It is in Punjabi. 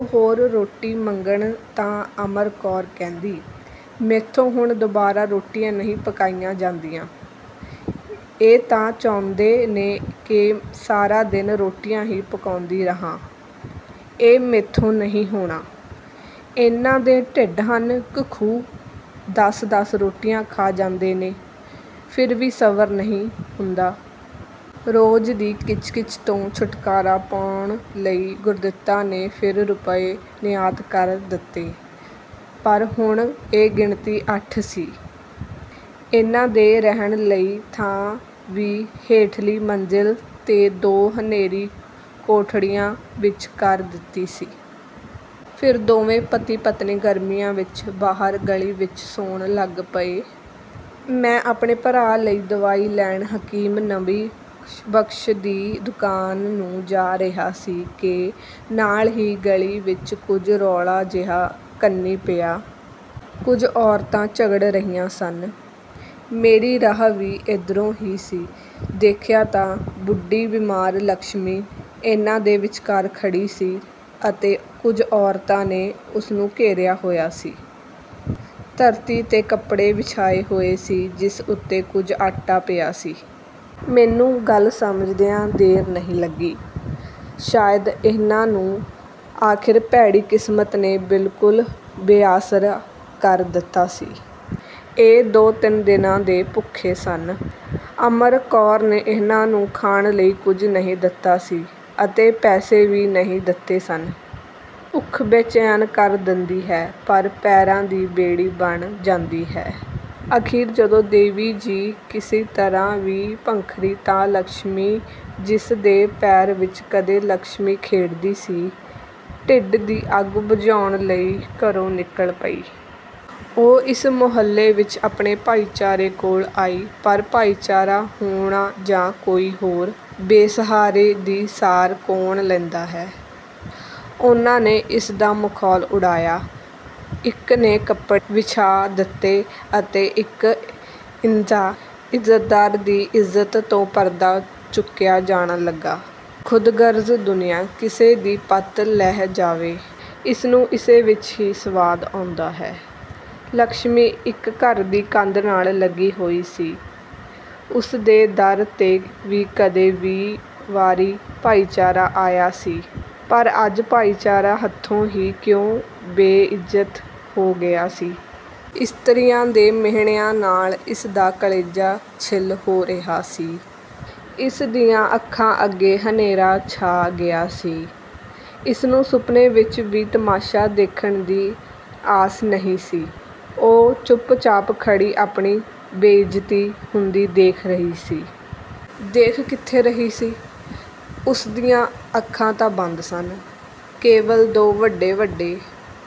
ਉਹ ਹੋਰ ਰੋਟੀ ਮੰਗਦੇ ਤਾਂ ਅਮਰ ਕੌਰ ਕਹਿੰਦੀ, "ਮੈਥੋਂ ਹੁਣ ਦੁਬਾਰੇ ਰੋਟੀਆਂ ਨਹੀਂ ਪਕਾਈਆਂ ਜਾਂਦੀਆਂ। ਇਹ ਤਾਂ ਚਾਹੁੰਦੇ ਨੇ ਕਿ ਸਾਰਾ ਦਿਨ ਰੋਟੀਆਂ ਹੀ ਪਕਾਉਂਦੀ ਰਹਾਂ। ਇਹ ਮੈਥੋਂ ਨਹੀਂ ਹੋਣਾ। ਇਨ੍ਹਾਂ ਦੇ ਢਿੱਡ ਹਨ ਕਿ ਖੂਹ, ਦਸ-ਦਸ ਰੋਟੀਆਂ ਖਾ ਜਾਂਦੇ ਨੇ, ਫਿਰ ਵੀ ਸਬਰ ਨਹੀਂ ਹੁੰਦਾ।" ਰੋਜ਼ ਦੀ ਇਸ ਖਿੱਚ-ਖਿੱਚ ਤੋਂ ਛੁਟਕਾਰਾ ਪਾਉਣ ਲਈ ਗੁਰਾਂਦਿੱਤਾ ਨੇ ਫਿਰ ਰੁਪਏ ਨਿਯਤ ਕਰ ਦਿੱਤੇ, ਪਰ ਹੁਣ ਇਹ ਗਿਣਤੀ ਅੱਠ ਸੀ। ਇਨ੍ਹਾਂ ਦੇ ਰਹਿਣ ਲਈ ਥਾਂ ਵੀ ਹੇਠਲੀ ਮੰਜ਼ਿਲ 'ਤੇ ਦੋ ਹਨੇਰੀਆਂ ਕੋਠੜੀਆਂ ਵਿੱਚ ਕਰ ਦਿੱਤੀ ਗਈ। ਫਿਰ ਦੋਵੇਂ ਪਤੀ-ਪਤਨੀ ਗਰਮੀਆਂ ਵਿੱਚ ਬਾਹਰ ਗਲੀ ਵਿੱਚ ਸੌਣ ਲੱਗ ਪਏ। ਮੈਂ ਆਪਣੇ ਭਰਾ ਲਈ ਦਵਾਈ ਲੈਣ ਹਕੀਮ ਨਬੀ ਬਖ਼ਸ਼ ਦੀ ਦੁਕਾਨ ਨੂੰ ਜਾ ਰਹੀ ਸੀ ਕਿ ਨਾਲ ਦੀ ਗਲੀ ਵਿੱਚ ਕੁਝ ਰੌਲਾ ਜਿਹਾ ਕੰਨੀਂ ਪਿਆ। ਕੁਝ ਔਰਤਾਂ ਝਗੜ ਰਹੀਆਂ ਸਨ। ਮੇਰਾ ਰਾਹ ਵੀ ਇਧਰੋਂ ਹੀ ਸੀ। ਦੇਖਿਆ ਤਾਂ ਬੁੱਢੀ ਬਿਮਾਰ ਲੱਛਮੀ ਇਨ੍ਹਾਂ ਦੇ ਵਿਚਕਾਰ ਖੜ੍ਹੀ ਸੀ ਅਤੇ ਕੁਝ ਔਰਤਾਂ ਨੇ ਉਹਨੂੰ ਘੇਰਿਆ ਹੋਇਆ ਸੀ। ਧਰਤੀ 'ਤੇ ਕੱਪੜਾ ਵਿਛਿਆ ਹੋਇਆ ਸੀ ਜਿਸ ਉੱਤੇ ਕੁਝ ਆਟਾ ਪਿਆ ਸੀ। ਮੈਨੂੰ ਗੱਲ ਸਮਝਦਿਆਂ ਦੇਰ ਨਹੀਂ ਲੱਗੀ। ਸ਼ਾਇਦ ਇਨ੍ਹਾਂ ਨੂੰ ਆਖਰ ਭੈੜੀ ਕਿਸਮਤ ਨੇ ਬਿਲਕੁਲ ਬੇਆਸਰਾ ਕਰ ਦਿੱਤਾ ਸੀ। ਇਹ ਦੋ-ਤਿੰਨ ਦਿਨ ਦੇ ਭੁੱਖੇ ਸਨ। ਅਮਰ ਕੌਰ ਨੇ ਇਨ੍ਹਾਂ ਨੂੰ ਖਾਣ ਲਈ ਕੁਝ ਨਹੀਂ ਦਿੱਤਾ ਸੀ ਅਤੇ ਪੈਸੇ ਵੀ ਨਹੀਂ ਦਿੱਤੇ ਸਨ। ਭੁੱਖ ਬੇਚੈਨ ਕਰ ਦਿੰਦੀ ਹੈ, ਪਰ ਪੈਰਾਂ ਦੀ ਬੇੜੀ ਬਣ ਜਾਂਦੀ ਹੈ। ਆਖਰ ਜਦੋਂ ਦੇਵੀ ਜੀ ਕਿਸੇ ਤਰ੍ਹਾਂ ਵੀ ਨਾ ਪੰਘਰੀ ਤਾਂ ਲੱਛਮੀ, ਜਿਸ ਦੇ ਪੈਰਾਂ ਵਿੱਚ ਕਦੇ ਲੱਛਮੀ ਖੇਡਦੀ ਸੀ, ਢਿੱਡ ਦੀ ਅੱਗ ਬੁਝਾਉਣ ਲਈ ਘਰੋਂ ਨਿਕਲ ਪਈ। ਉਹ ਇਸ ਮੁਹੱਲੇ ਵਿੱਚ ਆਪਣੇ ਭਾਈਚਾਰੇ ਕੋਲ ਆਈ, ਪਰ ਭਾਈਚਾਰਾ ਹੋਵੇ ਜਾਂ ਕੋਈ ਹੋਰ, ਬੇ-ਸਹਾਰਿਆਂ ਦੀ ਸਾਰ ਕੌਣ ਲੈਂਦਾ ਹੈ। ਉਨ੍ਹਾਂ ਨੇ ਇਸ ਦਾ ਮਖੌਲ ਉਡਾਇਆ। ਇੱਕ ਨੇ ਕੱਪੜਾ ਵਿਛਾ ਦਿੱਤਾ ਅਤੇ ਇੱਕ ਇੱਜ਼ਤਦਾਰ ਦੀ ਇੱਜ਼ਤ ਤੋਂ ਪਰਦਾ ਚੁੱਕਿਆ ਜਾਣ ਲੱਗਿਆ। ਖ਼ੁਦਗਰਜ਼ ਦੁਨੀਆਂ, ਕਿਸੇ ਦੀ ਪਤ ਲਹਿ ਜਾਵੇ, ਇਹਨੂੰ ਇਸੇ ਵਿੱਚ ਹੀ ਸੁਆਦ ਆਉਂਦਾ ਹੈ। ਲੱਛਮੀ ਇੱਕ ਘਰ ਦੀ ਕੰਧ ਨਾਲ ਲੱਗੀ ਹੋਈ ਸੀ। ਉਸ ਦੇ ਦਰ 'ਤੇ ਵੀ ਕਦੇ ਵੀਹ ਵਾਰੀ ਭਾਈਚਾਰਾ ਆਇਆ ਸੀ, ਪਰ ਅੱਜ ਇਸੇ ਭਾਈਚਾਰੇ ਹੱਥੋਂ ਉਹ ਇਉਂ ਬੇਇਜ਼ਤ ਹੋ ਗਿਆ ਸੀ। ਇਸਤਰੀਆਂ ਦੇ ਮਿਹਣਿਆਂ ਨਾਲ ਇਸ ਦਾ ਕਾਲਜਾ ਛਲਣੀ ਹੋ ਰਿਹਾ ਸੀ। ਇਸ ਦੀਆਂ ਅੱਖਾਂ ਅੱਗੇ ਹਨੇਰਾ ਛਾ ਗਿਆ ਸੀ। ਇਸ ਨੂੰ ਸੁਪਨੇ ਵਿੱਚ ਵੀ ਇਹ ਤਮਾਸ਼ਾ ਦੇਖਣ ਦੀ ਆਸ ਨਹੀਂ ਸੀ। ਉਹ ਚੁੱਪ-ਚਾਪ ਖੜ੍ਹੀ ਆਪਣੀ ਬੇਇਜ਼ਤੀ ਹੁੰਦੀ ਦੇਖ ਰਹੀ ਸੀ। ਦੇਖ ਕਿੱਥੇ ਰਹੀ ਸੀ, ਉਸ ਦੀਆਂ ਅੱਖਾਂ ਤਾਂ ਬੰਦ ਸਨ, ਕੇਵਲ ਦੋ ਵੱਡੇ-ਵੱਡੇ